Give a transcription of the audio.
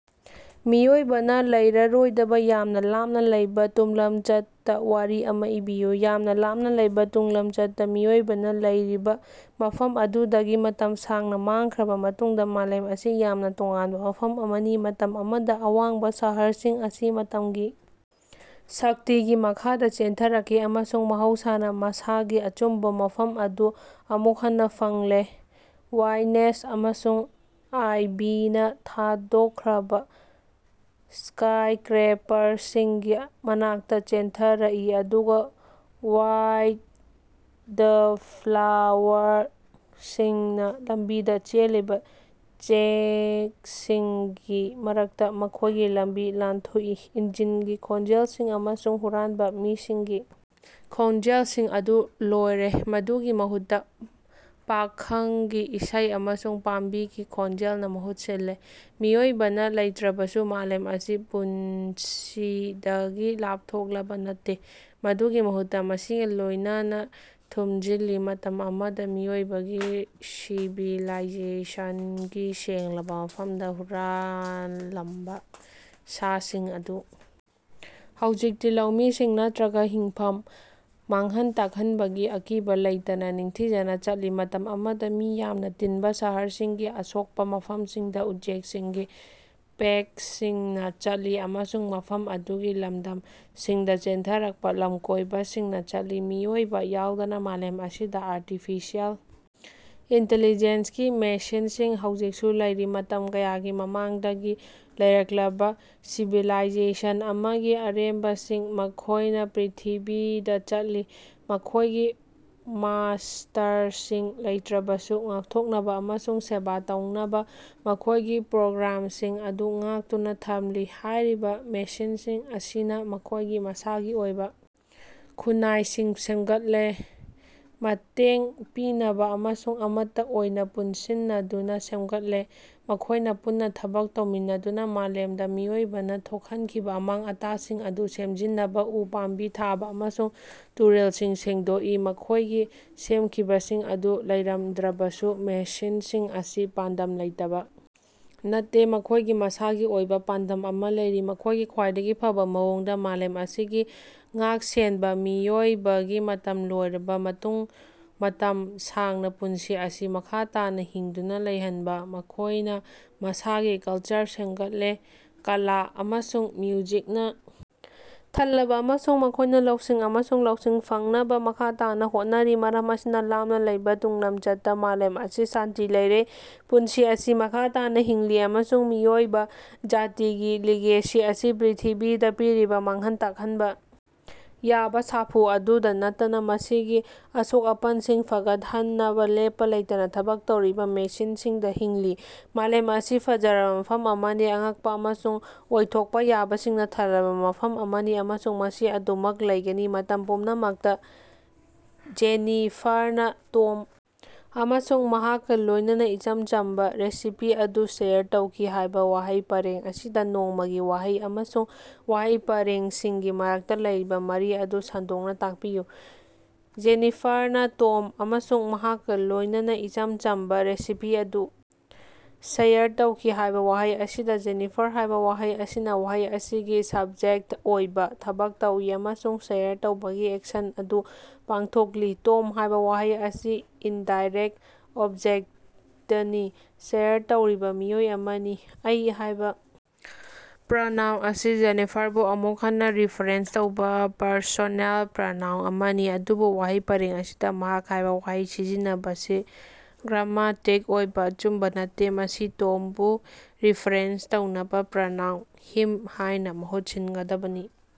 ꯃꯤꯑꯣꯏꯕꯅ ꯂꯩꯔꯔꯣꯏꯗꯕ ꯌꯥꯝꯅ ꯂꯥꯞꯅ ꯂꯩꯕ ꯇꯨꯡꯂꯝꯆꯠꯇ ꯋꯥꯔꯤ ꯑꯃ ꯏꯕꯤꯌꯨ꯫ ꯌꯥꯝꯅ ꯂꯥꯞꯅ ꯂꯩꯕ ꯇꯨꯡꯂꯝꯆꯠꯇ ꯃꯤꯑꯣꯏꯕꯅ ꯂꯩꯔꯤꯕ ꯃꯐꯝ ꯑꯗꯨꯗꯒꯤ ꯃꯇꯝ ꯁꯥꯡꯅ ꯃꯥꯡꯈ꯭ꯔꯕ ꯃꯇꯨꯡꯗ ꯃꯥꯂꯦꯝ ꯑꯁꯤ ꯌꯥꯝꯅ ꯇꯣꯉꯥꯟꯕ ꯃꯐꯝ ꯑꯃꯅꯤ꯫ ꯃꯇꯝ ꯑꯃꯗ ꯑꯋꯥꯡꯕ ꯁꯍꯔꯁꯤꯡ ꯑꯁꯤ ꯃꯇꯝꯒꯤ ꯁꯛꯇꯤꯒꯤ ꯃꯈꯥꯗ ꯆꯦꯟꯊꯔꯛꯈꯤ ꯑꯃꯁꯨꯡ ꯃꯍꯧꯁꯥꯅ ꯃꯁꯥꯒꯤ ꯑꯆꯨꯝꯕ ꯃꯐꯝ ꯑꯗꯨ ꯑꯃꯨꯛ ꯍꯟꯅ ꯐꯪꯂꯦ꯫ ꯋꯥꯏꯅꯦꯁ ꯑꯃꯁꯨꯡ ꯑꯥꯏꯚꯤꯅꯥ ꯊꯥꯗꯣꯛꯈ꯭ꯔꯕ ꯁ꯭ꯀꯥꯏꯁꯀ꯭ꯔꯦꯄꯔꯁꯤꯡꯒꯤ ꯃꯅꯥꯛꯇ ꯆꯦꯟꯊꯔꯛꯏ ꯑꯗꯨꯒ ꯋꯥꯏꯜꯗꯐ꯭ꯂꯥꯋꯔꯁꯤꯡꯅ ꯂꯝꯕꯤꯗ ꯆꯦꯜꯂꯤꯕ ꯆꯦꯡꯁꯤꯡꯒꯤ ꯃꯔꯛꯇ ꯃꯈꯣꯏꯒꯤ ꯂꯝꯕꯤ ꯂꯥꯟꯊꯣꯛꯏ꯫ ꯏꯟꯖꯤꯟꯒꯤ ꯈꯣꯟꯖꯦꯜꯁꯤꯡ ꯑꯃꯁꯨꯡ ꯍꯨꯔꯥꯟꯕ ꯃꯤꯁꯤꯡꯒꯤ ꯈꯣꯟꯖꯦꯜꯁꯤꯡ ꯑꯗꯨ ꯂꯣꯏꯔꯦ꯫ ꯃꯗꯨꯒꯤ ꯃꯍꯨꯠꯇ ꯄꯥꯈꯪꯒꯤ ꯏꯁꯩ ꯑꯃꯁꯨꯡ ꯄꯥꯝꯕꯤꯒꯤ ꯈꯣꯟꯖꯦꯜꯅ ꯃꯍꯨꯠ ꯁꯤꯜꯂꯦ꯫ ꯃꯤꯑꯣꯏꯕꯅ ꯂꯩꯇ꯭ꯔꯕꯁꯨ ꯃꯥꯂꯦꯝ ꯑꯁꯤ ꯄꯨꯟꯁꯤꯗꯒꯤ ꯂꯥꯞꯊꯣꯛꯂꯕ ꯅꯠꯇꯦ꯫ ꯃꯗꯨꯒꯤ ꯃꯍꯨꯠꯇ ꯃꯁꯤꯒ ꯂꯣꯏꯅꯅ ꯊꯨꯝꯖꯤꯜꯂꯤ꯫ ꯃꯇꯝ ꯑꯃꯗ ꯃꯤꯑꯣꯏꯕꯒꯤ ꯁꯤꯚꯤꯂꯥꯏꯖꯦꯁꯟꯒꯤ ꯁꯦꯡꯂꯕ ꯃꯐꯝꯗ ꯍꯨꯔꯥꯟꯂꯝꯕ ꯁꯥꯁꯤꯡ ꯑꯗꯨ ꯍꯧꯖꯤꯛꯇꯤ ꯂꯧꯃꯤꯁꯤꯡ ꯅꯠꯇ꯭ꯔꯒ ꯍꯤꯡꯐꯝ ꯃꯥꯡꯍꯟ ꯇꯥꯛꯍꯟꯕꯒꯤ ꯑꯀꯤꯕ ꯂꯩꯇꯅ ꯅꯤꯡꯊꯤꯖꯅ ꯆꯠꯂꯤ꯫ ꯃꯇꯝ ꯑꯃꯗ ꯃꯤ ꯌꯥꯝꯅ ꯇꯤꯟꯕ ꯁꯍꯔꯁꯤꯡꯒꯤ ꯑꯁꯣꯛꯄ ꯃꯐꯝꯁꯤꯡꯗ ꯎꯆꯦꯛꯁꯤꯡꯒꯤ ꯄꯦꯛꯁꯤꯡꯅ ꯆꯠꯂꯤ ꯑꯃꯁꯨꯡ ꯃꯐꯝ ꯑꯗꯨꯒꯤ ꯂꯝꯗꯝꯁꯤꯡꯗ ꯆꯦꯟꯊꯔꯛꯄ ꯂꯝꯀꯣꯏꯕꯁꯤꯡꯅ ꯆꯠꯂꯤ꯫ ꯃꯤꯑꯣꯏꯕ ꯌꯥꯎꯗꯕ ꯃꯥꯂꯦꯝ ꯑꯁꯤꯗ ꯑꯥꯔꯇꯤꯐꯤꯁꯤꯌꯦꯜ ꯏꯟꯇꯦꯂꯤꯖꯦꯟꯁ ꯀꯤ ꯃꯦꯁꯤꯟꯁꯤꯡ ꯍꯧꯖꯤꯛꯁꯨ ꯂꯩꯔꯤ꯫ ꯃꯇꯝ ꯀꯌꯥꯒꯤ ꯃꯃꯥꯡꯗꯒꯤ ꯂꯩꯔꯛꯂꯕ ꯁꯤꯚꯤꯂꯥꯏꯖꯦꯁꯟ ꯑꯃꯒꯤ ꯑꯔꯦꯝꯕꯁꯤꯡ, ꯃꯈꯣꯌꯅ ꯄ꯭ꯔꯤꯊꯤꯕꯤꯗ ꯆꯠꯂꯤ, ꯃꯈꯣꯏꯒꯤ ꯃꯥꯁ꯭ꯇꯔꯁꯤꯡ ꯂꯩꯇ꯭ꯔꯕꯁꯨ ꯉꯥꯛꯊꯣꯛꯅꯕ ꯑꯃꯁꯨꯡ ꯁꯦꯕꯥ ꯇꯧꯅꯕ ꯃꯈꯣꯏꯒꯤ ꯄ꯭ꯔꯣꯒ꯭ꯔꯥꯝꯁꯤꯡ ꯑꯗꯨ ꯉꯥꯛꯇꯨꯅ ꯊꯝꯂꯤ꯫ ꯍꯥꯏꯔꯤꯕ ꯃꯦꯁꯤꯟꯁꯤꯡ ꯑꯁꯤꯅ ꯃꯈꯣꯏꯒꯤ ꯃꯁꯥꯒꯤ ꯑꯣꯏꯕ ꯈꯨꯟꯅꯥꯏꯁꯤꯡ ꯁꯦꯝꯒꯠꯂꯦ꯫ ꯃꯇꯦꯡ ꯄꯤꯅꯕ ꯑꯃꯁꯨꯡ ꯑꯃꯠꯇ ꯑꯣꯏꯅ ꯄꯨꯟꯁꯤꯟꯅꯗꯨꯅ ꯁꯦꯝꯒꯠꯂꯦ꯫ ꯃꯈꯣꯏꯅ ꯄꯨꯟꯅ ꯊꯕꯛ ꯇꯧꯃꯤꯟꯅꯗꯨꯅ ꯃꯥꯂꯦꯝꯗ ꯃꯤꯑꯣꯏꯕꯅ ꯊꯣꯛꯍꯟꯈꯤꯕ ꯑꯃꯥꯡ-ꯑꯇꯥꯁꯤꯡ ꯑꯗꯨ ꯁꯦꯝꯖꯤꯟꯅꯕ, ꯎ ꯄꯥꯝꯕꯤ ꯊꯥꯕ ꯑꯃꯁꯨꯡ ꯇꯨꯔꯦꯜꯁꯤꯡ ꯁꯦꯡꯗꯣꯛꯏ꯫ ꯃꯈꯣꯏꯒꯤ ꯁꯦꯝꯈꯤꯕꯁꯤꯡ ꯑꯗꯨ ꯂꯩꯔꯝꯗ꯭ꯔꯕꯁꯨ ꯃꯦꯁꯤꯟꯁꯤꯡ ꯑꯁꯤ ꯄꯥꯟꯗꯝ ꯂꯩꯇꯕ ꯅꯠꯇꯦ꯫ ꯃꯈꯣꯏꯒꯤ ꯃꯁꯥꯒꯤ ꯑꯣꯏꯕ ꯄꯥꯟꯗꯝ ꯑꯃ ꯂꯩꯔꯤ: ꯃꯈꯣꯏꯒꯤ ꯈ꯭ꯋꯥꯏꯗꯒꯤ ꯐꯕ ꯃꯑꯣꯡꯗ ꯃꯥꯂꯦꯝ ꯑꯁꯤꯕꯨ ꯉꯥꯛ-ꯁꯦꯟꯕ, ꯃꯤꯑꯣꯏꯕꯒꯤ ꯃꯇꯝ ꯂꯣꯏꯔꯕ ꯃꯇꯨꯡ ꯃꯇꯝ ꯁꯥꯡꯅ ꯄꯨꯟꯁꯤ ꯑꯁꯤ ꯃꯈꯥ ꯇꯥꯅ ꯍꯤꯡꯗꯨꯅ ꯂꯩꯍꯟꯕ, ꯃꯈꯣꯏꯅ ꯃꯁꯥꯒꯤ ꯀꯜꯆꯔ ꯁꯦꯝꯒꯠꯂꯦ, ꯀꯂꯥ ꯑꯃꯁꯨꯡ ꯃ꯭ꯌꯨꯖꯤꯛꯅ ꯊꯜꯂꯕ ꯑꯃꯁꯨꯡ ꯃꯈꯣꯏꯅ ꯂꯧꯁꯤꯡ ꯑꯃꯁꯨꯡ ꯂꯧꯁꯤꯡ ꯐꯪꯅꯕ ꯃꯈꯥ ꯇꯥꯅ ꯍꯣꯠꯅꯔꯤ꯫ ꯃꯔꯝ ꯑꯁꯤꯅ ꯂꯥꯞꯅ ꯂꯩꯕ ꯇꯨꯡꯂꯝꯆꯠꯇ ꯃꯥꯂꯦꯝ ꯑꯁꯤ ꯁꯥꯟꯇꯤ ꯂꯩꯔꯦ꯫ ꯄꯨꯟꯁꯤ ꯑꯁꯤ ꯃꯈꯥ ꯇꯥꯅ ꯍꯤꯡꯂꯤ ꯑꯃꯁꯨꯡ ꯃꯤꯑꯣꯏꯕ ꯖꯥꯇꯤꯒꯤ ꯂꯤꯒꯦꯁꯤ ꯑꯁꯤ ꯄ꯭ꯔꯤꯊꯤꯕꯤꯗ ꯄꯤꯔꯤꯕ ꯃꯥꯡꯍꯟ ꯇꯥꯛꯍꯟꯕ ꯌꯥꯕ ꯁꯥꯐꯨ ꯑꯗꯨꯗ ꯅꯠꯇꯅ ꯃꯁꯤꯒꯤ ꯑꯁꯣꯛ-ꯑꯄꯟꯁꯤꯡ ꯐꯒꯠꯍꯟꯅꯕ ꯂꯦꯞꯄ ꯂꯩꯇꯅ ꯊꯕꯛ ꯇꯧꯔꯤꯕ ꯃꯦꯁꯤꯟꯁꯤꯡꯗ ꯍꯤꯡꯂꯤ꯫ ꯃꯥꯂꯦꯝ ꯑꯁꯤ ꯐꯖꯔꯕ ꯃꯐꯝ ꯑꯃꯅꯤ꯫ ꯑꯉꯛꯄ ꯑꯃꯁꯨꯡ ꯑꯣꯏꯊꯣꯛꯄ ꯌꯥꯕꯁꯤꯡꯅ ꯊꯜꯂꯕ ꯃꯐꯝ ꯑꯃꯅꯤ ꯑꯃꯁꯨꯡ ꯃꯁꯤ ꯑꯗꯨꯃꯛ ꯂꯩꯒꯅꯤ ꯃꯇꯝ ꯄꯨꯝꯅꯃꯛꯇ꯫ "ꯖꯦꯅꯤꯐꯥꯔꯅ ꯇꯣꯝ ꯑꯃꯁꯨꯡ ꯃꯍꯥꯛꯀ ꯂꯣꯏꯅꯅ ꯏꯆꯝ ꯆꯝꯕ ꯔꯦꯁꯤꯄꯤ ꯑꯗꯨ ꯁꯦꯌꯔ ꯇꯧꯈꯤ" ꯍꯥꯏꯕ ꯋꯥꯍꯩ ꯄꯔꯦꯡ ꯑꯁꯤꯗ ꯅꯣꯡꯃꯒꯤ ꯋꯥꯍꯩ ꯑꯃꯁꯨꯡ ꯋꯥꯍꯩ ꯄꯔꯦꯡꯁꯤꯡꯒꯤ ꯃꯔꯛꯇ ꯂꯩꯔꯤꯕ ꯃꯔꯤ ꯑꯗꯨ ꯁꯟꯗꯣꯛꯅ ꯇꯥꯛꯄꯤꯌꯨ꯫ "ꯖꯦꯅꯤꯐꯥꯔꯅ ꯇꯣꯝ ꯑꯃꯁꯨꯡ ꯃꯍꯥꯛꯀ ꯂꯣꯏꯅꯅ ꯏꯆꯝ ꯆꯝꯕ ꯔꯦꯁꯤꯄꯤ ꯑꯗꯨ ꯁꯦꯌꯔ ꯇꯧꯈꯤ" ꯍꯥꯏꯕ ꯋꯥꯍꯩ ꯑꯁꯤꯗ 'ꯖꯦꯅꯤꯐꯥꯔ' ꯍꯥꯏꯕ ꯋꯥꯍꯩ ꯑꯁꯤꯅ ꯋꯥꯍꯩ ꯑꯁꯤꯒꯤ ꯁꯕꯖꯦꯛꯇ ꯑꯣꯏꯅ ꯊꯕꯛ ꯇꯧꯏ ꯑꯃꯁꯨꯡ ꯁꯦꯌꯔ ꯇꯧꯕꯒꯤ ꯑꯦꯛꯁꯟ ꯑꯗꯨ ꯄꯥꯡꯊꯣꯛꯂꯤ꯫ 'ꯇꯣꯝ' ꯍꯥꯏꯕ ꯋꯥꯍꯩ ꯑꯁꯤ ꯏꯟꯗꯥꯏꯔꯦꯛꯇ ꯑꯣꯕꯖꯦꯛꯇꯅꯤ, ꯁꯦꯌꯔ ꯇꯧꯔꯤꯕ ꯃꯤꯑꯣꯏ ꯑꯃꯅꯤ꯫ 'ꯑꯩ' ꯍꯥꯏꯕ ꯄ꯭ꯔꯣꯅꯥꯎꯟ ꯑꯁꯤ ꯖꯦꯅꯤꯐꯥꯔꯕꯨ ꯑꯃꯨꯛ ꯍꯟꯅ ꯔꯤꯐꯔꯦꯟꯁ ꯇꯧꯕ ꯄꯔꯁꯣꯅꯦꯜ ꯄ꯭ꯔꯣꯅꯥꯎꯟ ꯑꯃꯅꯤ꯫ ꯑꯗꯨꯕꯨ ꯋꯥꯍꯩ ꯄꯔꯦꯡ ꯑꯁꯤꯗ 'ꯃꯍꯥꯛ' ꯍꯥꯏꯕ ꯋꯥꯍꯩ ꯁꯤꯖꯤꯟꯅꯕꯁꯤ ꯒ꯭ꯔꯥꯃꯇꯤꯛ ꯑꯣꯏꯅ ꯑꯆꯨꯝꯕ ꯅꯠꯇꯦ꯫ ꯃꯁꯤ ꯇꯣꯝꯕꯨ ꯔꯤꯐꯔꯦꯟꯁ ꯇꯧꯅꯕ ꯄ꯭ꯔꯣꯅꯥꯎꯟ 'ꯍꯤꯝ' ꯍꯥꯏꯅ ꯃꯍꯨꯠ ꯁꯤꯟꯒꯗꯕꯅꯤ꯫